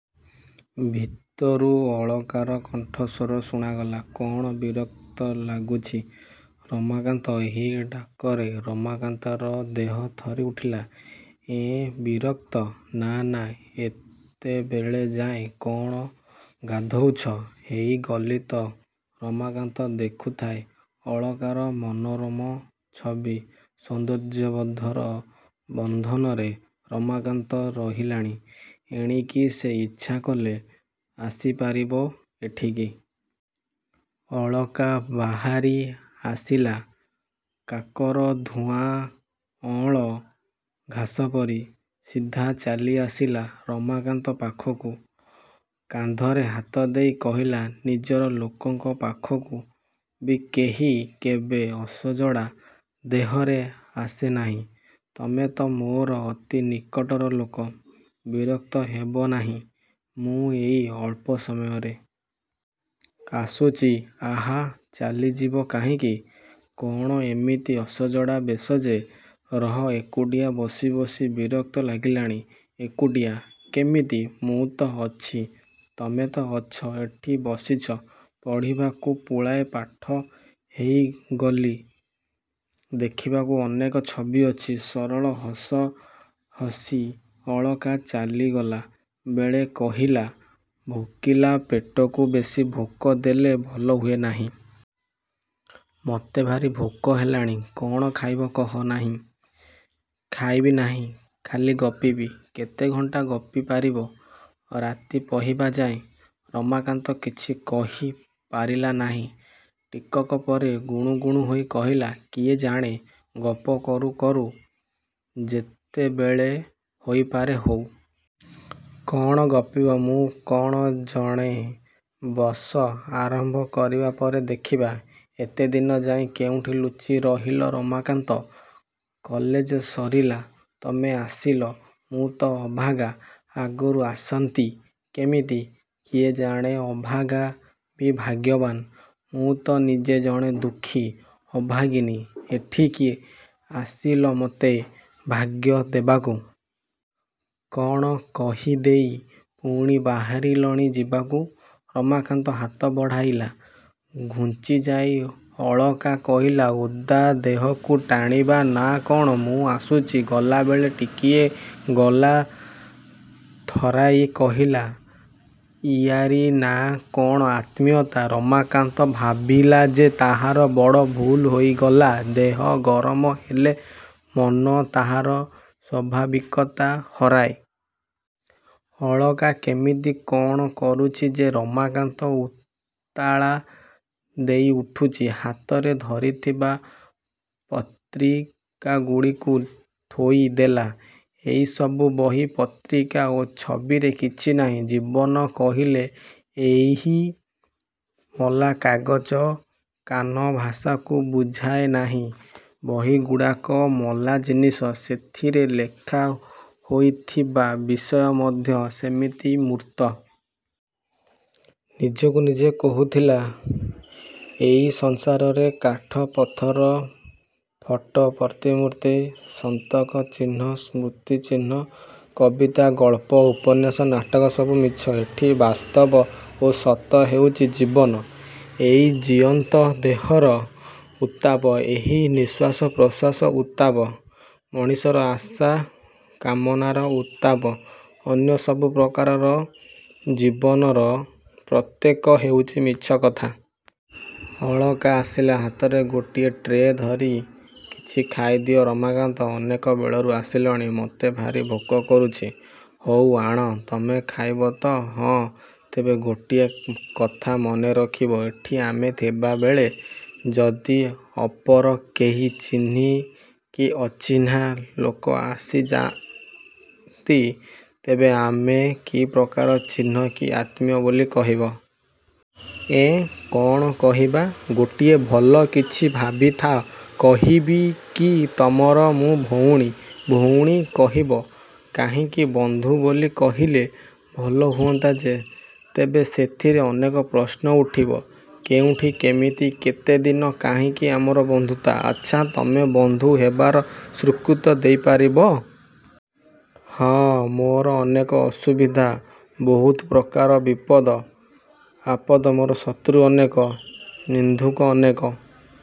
ଭିତରୁ ଅଳକାର କଣ୍ଠସ୍ୱର ଶୁଣାଗଲା, କ'ଣ ବିରକ୍ତ ଲାଗୁଛି-ରମାକାନ୍ତ? ଏହି ଡାକରେ ରମାକାନ୍ତର ଦେହ ଥରି ଉଠିଲା-ଏଁ ବିରକ୍ତ? -ନା-ନା। ଏତେବେଳେ ଯାଏ କ'ଣ ଗାଧଉଛ? -ହେଇ ଗଲି ତ। ରମାକାନ୍ତ ଦେଖୁଥାଏ ଅଳକାର ମନୋରମ ଛବି। ସୌହାର୍ଦ୍ଦ୍ୟର ବନ୍ଧନରେ ରମାକାନ୍ତ ରହିଲାଣି। ଏଣିକି ସେ ଇଚ୍ଛାକଲେ ଆସିପାରିବ ଏଠିକି। ଅଳକା ବାହାରି ଆସିଲା-କାକର-ଧୂଆ କଅଁଳ ଘାସପରି। ସିଧା ଚାଲିଆସିଲା ରମାକାନ୍ତ ପାଖକୁ। କାନ୍ଧରେ ହାତ ଦେଇ କହିଲା-ନିଜର ଲୋକଙ୍କ ପାଖକୁ ବି କେହି କେବେ ଅସଜଡ଼ା ଦେହରେ ଆସେ ନାହିଁ। ତମେ ତ ମୋର ଅତି ନିକଟର ଲୋକ। ବିରକ୍ତ ହେବନାହିଁ। ମୁଁ ଏଇ ଅଳ୍ପ ସମୟରେ। ଆସୁଛି। ଆଃ, ଚାଲିଯିବ କାହିଁକି? କ'ଣ ଏମିତି ଅସଜଡ଼ା ବେଶ ଯେ। ରହ-ଏକୁଟିଆ ବସି ବସି ବିରକ୍ତ ଲାଗିଲାଣି। -ଏକୁଟିଆ? କେମିତି? ମୁଁ ତ ଅଛି। ତମେ ତ ଅଛ। ଏଠି ବସିଛ-ପଢ଼ିବାକୁ ପୁଳାଏ ପାଠ ଦେଇଗଲି। ଦେଖିବାକୁ ଅନେକ ଛବି ଅଛି। ସରଳ ହସ ହସି ଅଳକା ଚାଲିଗଲା ବେଳେ କହିଲା-ଭୋକିଲା ପେଟକୁ ବେଶି ଭୋକ ଦେଲେ ଭଲ ହୁଏ ନାହିଁ। ମତେ ଭାରି ଭୋକ ହେଲାଣି। କ'ଣ ଖାଇବ କହ? -ନାହିଁ। ଖାଇବି ନାହିଁ। ଖାଲି ଗପିବି। -କେତେ ଘଣ୍ଟା ଗପି ପାରିବ? -ରାତି ପାହିବା ଯାଏ-? ରମାକାନ୍ତ କିଛି କହି ପାରିଲା ନାହିଁ। ଟିକକ ପରେ ଗୁଣୁ ଗୁଣୁ ହୋଇ କହିଲା-କିଏ ଜାଣେ? ଗପ କରୁ କରୁ ଯେତେବେଳ ହୋଇପାରେ-ହଉ। -କ'ଣ ଗପିବ? -ମୁଁ କ'ଣ ଜାଣେ? ବସ-ଆରମ୍ଭ କରିବା ପରେ ଦେଖିବା। -ଏତେଦିନ ଯାଏ କେଉଁଠି ଲୁଚି ରହିଲ ରମାକାନ୍ତ? କଲେଜ ସରିଲା ତମେ ଆସିଲ। -ମୁଁ ତ ଅଭାଗା। ଆଗରୁ ଆସନ୍ତି କେମିତି? -କିଏ ଜାଣେ ଅଭାଗା କି ଭାଗ୍ୟବାନ୍। ମୁଁ ତ ନିଜେ ଜଣେ ଦୁଃଖୀ, ଅଭାଗିନୀ-ଏଠିକି ଆସିଲ ମତେ ଭାଗ୍ୟ ଦବାକୁ। -କ'ଣ କହିଦେଇ ପୁଣି ବାହାରିଲଣି ଯିବାକୁ। -ରମାକାନ୍ତ ହାତ ବଢ଼ାଇଲା। ଘୁଞ୍ଚିଯାଇ ଅଳକା କହିଲା-ଓଦା ଦେହକୁ ଟାଣିବ ନା କ'ଣ? ମୁଁ ଆସୁଛି। ଗଲାବେଳେ ଟିକିଏ ଗଳା ଥରାଇ କହିଲା-ଇଆରି ନା' କ'ଣ ଆତ୍ମୀୟତା? ରମାକାନ୍ତ ଭାବିଲା ଯେ ତାହାର ବଡ଼ ଭୁଲ୍ ହୋଇଗଲା। ଦେହ ଗରମ ହେଲେ ମନ ତାହାର ସ୍ୱାଭାବିକତା ହରାଏ। ଅଳକା କେମିତି କ'ଣ କରୁଛି ଯେ ରମାକାନ୍ତ ଉତ୍ତାଳା ହେଇ ଉଠୁଛି-। ହାତରେ ଧରିଥିବା ପତ୍ରିକାଗୁଡ଼ିକୁ ଥୋଇ ଦେଲା-ଏଇସବୁ ବହି ପତ୍ରିକା ଓ ଛବିରେ କିଛି ନାହିଁ। ଜୀବନ କହିଲେ ଏହି ମଲାକାଗଜ କାନଭାସକୁ ବୁଝାଏ ନାହିଁ। ବହିଗୁଡ଼ାକ ମଲା ଜିନିଷ। ସେଥିରେ ଲେଖା ହୋଇଥିବା ବିଷୟ ମଧ୍ୟ ସେମିତି ମୃତ। ନିଜକୁ ନିଜେ କହୁଥିଲା-ଏଇ ସଂସାରରେ କାଠ, ପଥର, ଫଟୋ, ପ୍ରତିମୂର୍ତ୍ତି, ସନ୍ତକ, ଚିହ୍ନ, ସ୍ମୃତିଚିହ୍ନ-କବିତା, ଗଳ୍ପ, ଉପନ୍ୟାସ, ନାଟକ-ସବୁ ମିଛ। ଏଠି ବାସ୍ତବ ଓ ସତ ହେଉଛି ଜୀବନ-ଏଇ ଜୀଅନ୍ତା ଦେହର ଉତ୍ତାପ। ଏହି ନିଶ୍ୱାସ ପ୍ରଶ୍ୱାସର ଉତ୍ତାପ। ମଣିଷର ଆଶା, କାମନାର ଉତ୍ତାପ। ଅନ୍ୟ ସବୁ ପ୍ରକାରର ଜୀବନର ପ୍ରତୀକ ହେଉଛି ମିଛ କଥା। ଅଳକା ଆସିଲା ହାତରେ ଗୋଟିଏ ଟ୍ରେ ଧରି-କିଛି ଖାଇଦିଅ ରମାକାନ୍ତ, ଅନେକ ବେଳରୁ ଆସିଲଣି-ମତେ ଭାରି ଭୋକ କରୁଛି। -ହଉ। ଆଣ। ତମେ ଖାଇବ ତ। -ହଁ। ତେବେ ଗୋଟିଏ କଥା ମନେ ରଖିବ। ଏଠି ଆମେ ଥିଲାବେଳେ ଯଦି ଅପର କେହି ଚିହ୍ନା କି ଅଚିହ୍ନା ଲୋକ ପଶିଆସନ୍ତି ତେବେ ଆମେ କି ପ୍ରକାର ଚିହ୍ନା କି ଆତ୍ମୀୟ ବୋଲି କହିବ? -ଏଁ? କ'ଣ କହିବା? -ଗୋଟାଏ ଭଲ କିଛି ଭାବିଥାଅ। କହିବି କି ତମର ମୁଁ ଭଉଣୀ? -ଭଉଣୀ କହିବ? -କାହିଁକି ବନ୍ଧୁ ବୋଲି କହିଲେ? -ଭଲ ହୁଅନ୍ତା ଯେ। ତେବେ ସେଥିରେ ଅନେକ ପ୍ରଶ୍ନ ଉଠିବ-କେଉଁଠି, କେମିତି, କେତେଦିନ, କାହିଁକି ଆମର ବନ୍ଧୁତା? ଆଚ୍ଛା ତୁମେ ବନ୍ଧୁ ହେବାର ସ୍ୱୀକୃତି ଦେଇପାରିବ? -ହଁ। -ମୋର ଅନେକ ଅସୁବିଧା। ବହୁତ ପ୍ରକାରର ବିପଦ-ଆପଦ ମୋର ଶତ୍ରୁ ଅନେକ। ନିନ୍ଦୁକ ଅନେକ।